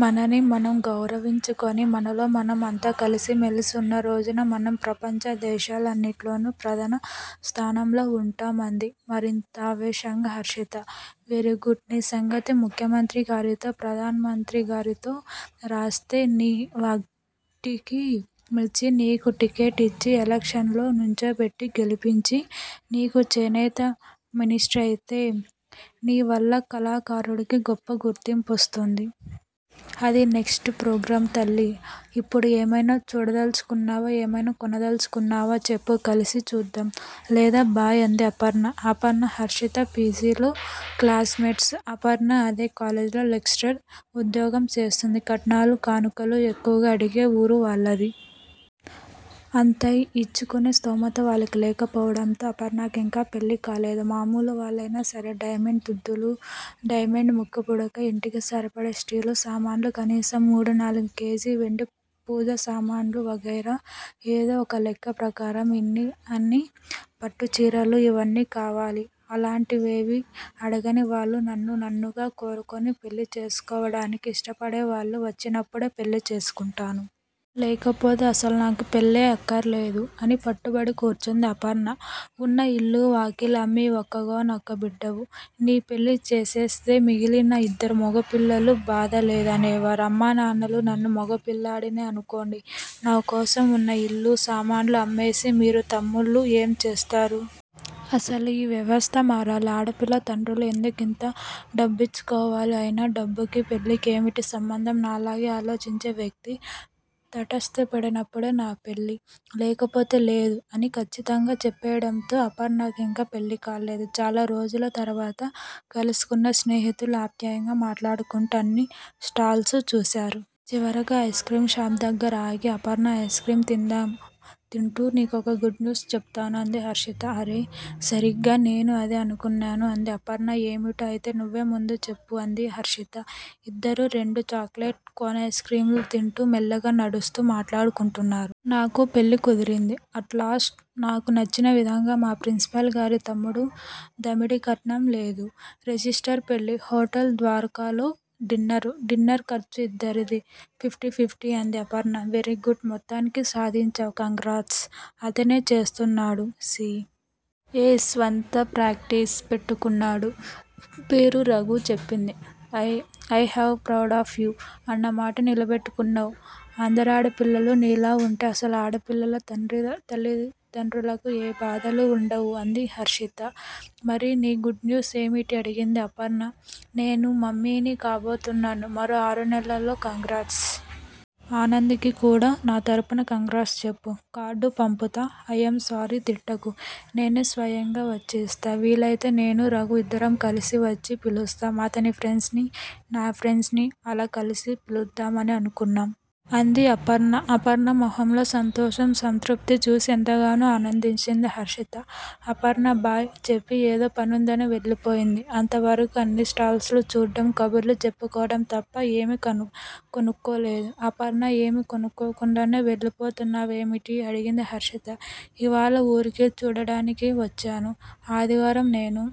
మనని మనం గౌరవించుకుని మనలో మనం అంతా కలిసి మెలిసి ఉన్నరోజున మనం ప్రపంచ దేశాలన్నింటిల్లోనూ ప్రధన స్థానంలో ఉంటాం అంది మరింత ఆవేశంగా హర్షిత. వెరీ గుడ్ నీ సంగతి ముఖ్యమంత్రిగారితో ప్రధానమంత్రిగారితో రాస్తే నీ వాగ్ధాటికి మెచ్చి, నీకు టిక్కెట్టిచ్చి ఎలక్షన్లలో నుంచోబెట్టి గెలిపించి, నీకు చేనేతమినిస్ట్రయితే నీ వల్ల కళాకారుడికి గొప్ప గుర్తింపొస్తుంది. అది నెక్స్ట్ ప్రోగ్రాం. తల్లీ! ఇప్పుడు ఏమైనా చూడదలుచుకున్నావా? ఏమైనా కొనదల్చుకున్నావా? చెప్పు, కలిసి చూద్దాం. లేదా 'బై' అంది అపర్ణ., అపర్ణ హర్షిత పి. జి. లో క్లాస్ మెట్స్! అఫర్ణ అదే కాలేజ్ లో లెక్చరర్ ఉద్యోగం చేస్తోంది. కట్నాలూ, కానుకలూ ఎక్కువగా అడిగే ఊరు వాళ్ళది. అంత ఇచ్చుకునే స్థోమత వాళ్ళకి లేకపోవడంతో అపర్ణకింకా పెళ్ళికాలేదు. మామూలు వాళ్ళైనా సరే డైమండ్ దుద్దులూ, డైమండ్ ముక్కుపుడకా, ఇంటికి సరిపడే స్టీలు సామాన్లూ కనీసం మూడునాలుగు కేజీ వెండి పూజసామాన్లూ వగైరా, ఏదో ఒకలెక్క ప్రకారం ఇన్నీ అని పట్టుచీరలూ ఇవన్నీ కావాలి. అలాంటివేవీ అడగనివాళ్ళు నన్ను నన్నుగా కోరుకుని పెళ్ళి చేసుకోవడానికి ఇష్టపడేవాళ్ళు వచ్చినప్పుడే పెళ్ళి చేసుకుంటాను. లేకపోతే అసలు నాకు పెళ్లే అక్కర్లేదు అని పట్టుబడి కూర్చుంది అపర్ణ. ఉన్న ఇల్లూ వాకిలీ అమ్మి ఒక్కగానొక్క బిడ్డవు. నీపెళ్ళి చేసేస్తే, మిగిలిన ఇద్దరూ మొగపిల్లలు. బాధలేదు అనేవారు అమ్మానాన్నలు! నన్నూ మొగపిల్లాడినే అనుకోండి. నా కోసం ఉన్న ఇల్లూ, సామాన్లూ అమ్మేసి మీరు తమ్ముళ్ళూ ఏం చేస్తారు? అసలు ఈ వ్యవస్థ మారాలి. ఆడపిల్ల తండ్రులు ఎందుకింత డబ్బిచ్చుకోవాలి? అయినా డబ్బుకీ, పెళ్ళికీ ఏమిటి సంబంధం? నాలాగే ఆలోచించే వ్యక్తి తటస్థపడినప్పుడే నా పెళ్ళి, లేకపోతే లేదు అని ఖచ్చితంగా చెప్పెయ్యడంతో అపర్ణకింకా పెళ్ళికాలేదు. చాలారోజుల తరువాత కలుసుకున్న స్నేహితులు ఆప్యాయంగా మాట్లాడుకుంటూ అన్ని స్టాల్సూ చూశారు. చివరగా ఐస్ క్రీం షాప్ దగ్గర ఆగి, అపర్ణా ఐస్ క్రీం తిందాం. తింటూ నీకొక గుడ్ న్యూస్ చెపుతాను అంది హర్షిత. అరె! సరిగ్గా నేనూ అదే అనుకున్నాను అంది అపర్ణ. ఏమిటో! అయితే నువ్వే ముందు చెప్పు అంది హర్షిత. ఇద్దరూ రెండు చాక్ లెట్ కోన్ ఐస్ క్రీంలు తింటూ, మెల్లగా నడుస్తూ మాట్లాడుకుంటున్నారు. నాకు పెళ్ళి కుదిరింది. అట్ లాస్ట్ నాకు నచ్చిన విధంగా, మా ప్రిన్సిపాల్ గారి తమ్ముడు. దమ్మిడీ కట్నం లేదు. రిజిష్టర్ పెళ్ళి, హోటల్ ద్వారకాలో డిన్నరు. డిన్నరు ఖర్చు ఇద్దరిదీ ఫిఫ్టీ ఫిఫ్టీ! అంది అపర్ణ. వెరీగుడ్! మొత్తానికి సాధించావు! కంగ్రాట్స్! అతనే చేస్తున్నాడు సి. ఎ. స్వంత ప్రాక్టీసు పెట్టుకున్నాడు. పేరు రఘు చెప్పింది. I am proud of you. అన్నమాట నిలబెట్టుకున్నావు. అందరాడపిల్లలూ నీలా ఉంటే అసలు ఆడపిల్లల తల్లిదండ్రులకు ఏ బాధలూ ఉండవు అంది హర్షిత. మరి నీ గుడ్ న్యూస్ ఏమిటి? అడిగింది అపర్ణ. నేను మమ్మీని కాబోతున్నాను మరో ఆరునెలల్లో కంగ్రాట్స్! ఆనంద్ కి కూడా నా తరపున కంగ్రాట్స్ చెప్పు. కార్డ్ పంపుతా ఐయామ్ సారీ తిట్టకు. నేనే స్వయంగా వచ్చి ఇస్తా. వీలైతే నేనూ రఘూ ఇద్దరం కలిసే వచ్చి పిలుస్తాం. అతని ఫ్రెండ్స్ నీ, నా ఫ్రెండ్స్ నీ, అలా కలిసి పిలుద్దామని అనుకున్నాం. అంది అపర్ణ. అపర్ణ మొహంలో సంతోషం. సంతృప్తి చూసి ఎంతగానో ఆనందించింది హర్షిత. అపర్ణ 'బై' చెప్పి ఏదో పనుందని వెళ్ళిపోయింది. అంతవరకూ అన్ని స్టాల్సూ చూడ్డం, కబుర్లు చెప్పుకోవడం తప్ప ఏమీ కొనుక్కోలేదు. అపర్ణా, ఏమీ కొనకుండానే వెళ్ళిపోతున్నావేమిటి? అడిగింది హర్షిత. ఇవ్వాళ ఊరికే చూడ్డానికే వచ్చాను. ఆదివారం నేనూ,